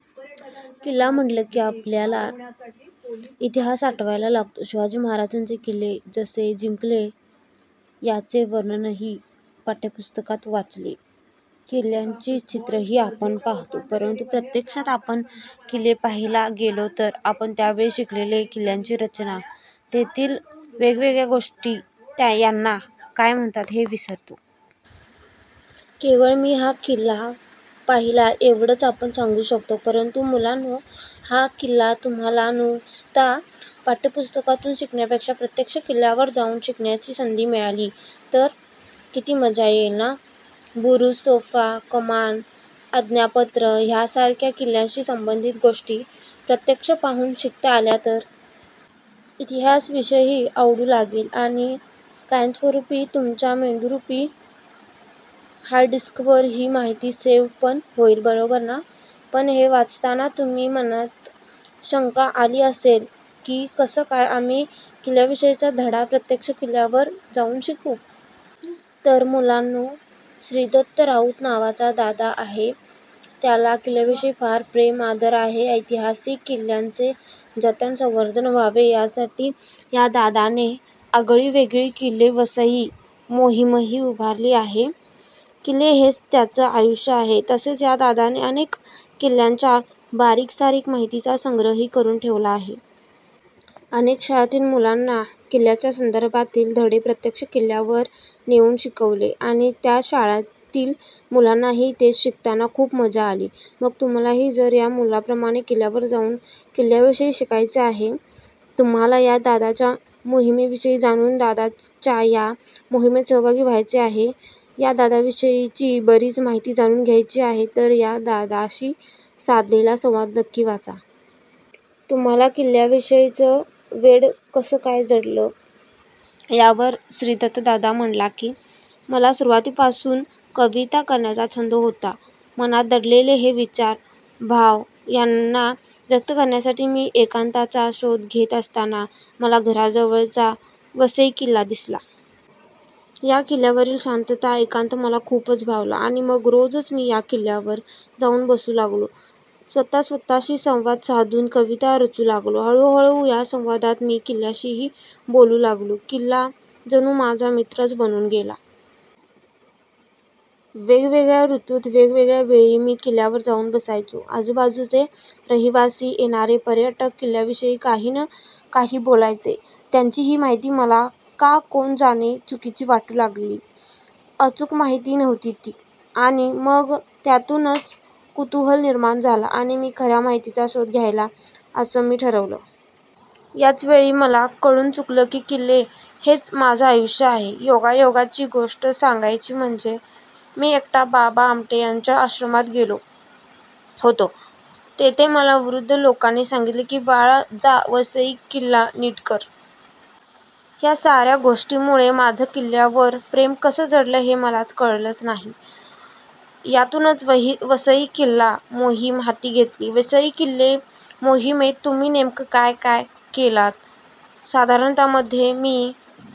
किल्ला म्हटलं की आपल्याला इतिहास आठवयाला लागतो. शिवाजी महाराजांनी किल्ले कसे जिंकले याचे वर्णनही पाठ्यपुस्तकात वाचतो, किल्ल्यांची चित्रही आपण पाहतो. परंतु प्रत्यक्षात आपण किल्ला पहिला गेलो तर आपण त्यावेळी शिकलेली किल्ल्याची रचना, तेथील वेगवेगळ्या गोष्टी यांना काय म्हणतात हे विसरतो. केवळ मी हा किल्ला पाहिला एवढंच आपण सांगू शकतो. परंतु मुलांनो, हा किल्ला तुम्हांला नुसता पाठ्यपुस्तकातून शिकण्यापेक्षा प्रत्यक्ष किल्ल्यावर जाऊन शिकण्याची संधी मिळाली तर... किती मजा येईल ना! बुरुज, तोफा, कमान, आज्ञापत्र ह्या सारख्या किल्ल्याशी संबधित गोष्टी प्रत्यक्ष पाहून शिकता आल्या तर... इतिहास विषयही आवडू लागेल आणि कायमस्वरूपी तुमच्या मेंदुरूपी हार्डडिस्कवर ही माहिती सेव्ह पण होईल बरोबर ना! पण हे वाचताना तुमच्या मनात शंका आली असेल की, कसं काय आम्ही किल्ल्याविषयीचा धडा प्रत्यक्ष किल्ल्यावर जाऊन शिकू? तर मुलांनो, श्रीदत्त राऊत नावाचा दादा आहे. त्याला किल्ल्याविषयी फार प्रेम, आदर आहे. ऐतिहासिक किल्ल्यांचे जतन-संवर्धन व्हावे यासाठी या दादाने आगळी-वेगळी 'किल्ले वसई मोहीमही उभारली आहे. किल्ले हेच त्याचं आयुष्य आहे. तसेच या दादाने अनेक किल्ल्यांच्या बारीक- सारीक माहितीचा संग्रहही करून ठेवला आहे. अनेक शाळांतील मुलांना किल्ल्याच्या संदर्भातील धडे प्रत्यक्ष किल्ल्यावर नेवून शिकवले. आणि त्या शाळांतील मुलांनाही हे शिकताना खूप मजा आली. मग तुम्हांलाही जर या मुलांप्रमाणे किल्ल्यावर जाऊन किल्ल्याविषयी शिकायचं आहे, तुम्हांला या दादाच्या मोहिमेविषयी जाणून दादाच्या या मोहिमेत सहभागी व्हायचं आहे, या दादाविषयीची बरीच माहिती जाणून घ्यायची आहे तर या दादाशी साधलेला सवांद नक्की वाचा! तुम्हाला किल्ल्याविषयीचं वेड कसं काय जडलं? यावर श्रीदत्त दादा म्हणाला की, 'मला सुरुवातीपासून कविता करण्याचा छंद होता. मनात दडलेले हे विचार, भाव यांना व्यक्त करण्यासाठी मी एकांताचा शोध घेत असताना मला घराजवळचा वसई किल्ला दिसला. या किल्यावरील शांतता, एकांत मला खूपच भावला. आणि मग रोजच मी या किल्ल्यावर जाऊन बसू लागलो. स्वतः स्वतःशी सवांद साधून कविता रचू लागलो. हळूहळू या संवादात मी किल्ल्याशीही बोलू लागलो. किल्ला जणू माझा मित्रच बनून गेला. वेगवेगळ्या ऋतूत, वेगवेगळ्या वेळी मी किल्ल्यावर जाऊन बसायचो. आजुबाजुचे रहिवासी, येणारे पर्यटक किल्ल्याविषयी काही न काही बोलायचे. त्यांची ही माहिती मला का कोण जाने चुकीची वाटू लागली. अचूक माहिती नव्हती ती. आणि मग यातूनच कुतूहल निर्माण झालं आणि मी खऱ्या माहितीचा शोध घ्यायचा असं मी ठरवलं. याच वेळी मला कळून चुकलं की किल्ले हेच माझं आयुष्य आहे. योगायोगाची गोष्ट सांगायची म्हणजे मी एकदा बाबा आमटे यांच्या आश्रमात गेलो होतो. तेथे मला वृद्ध लोकांनी सांगितलं की बाळा जा वसई किल्ला नीट कर. या साऱ्या गोष्टीमुले माझं किल्ल्यावर प्रेम कसं जडलं हे मला कळलंच नाही. यातूनच वसई किल्ला मोहीम हाती घेतली. वसई किल्ले मोहिमेत तुम्ही नेमकं काय काय केलंत? साधारणतः मध्ये मी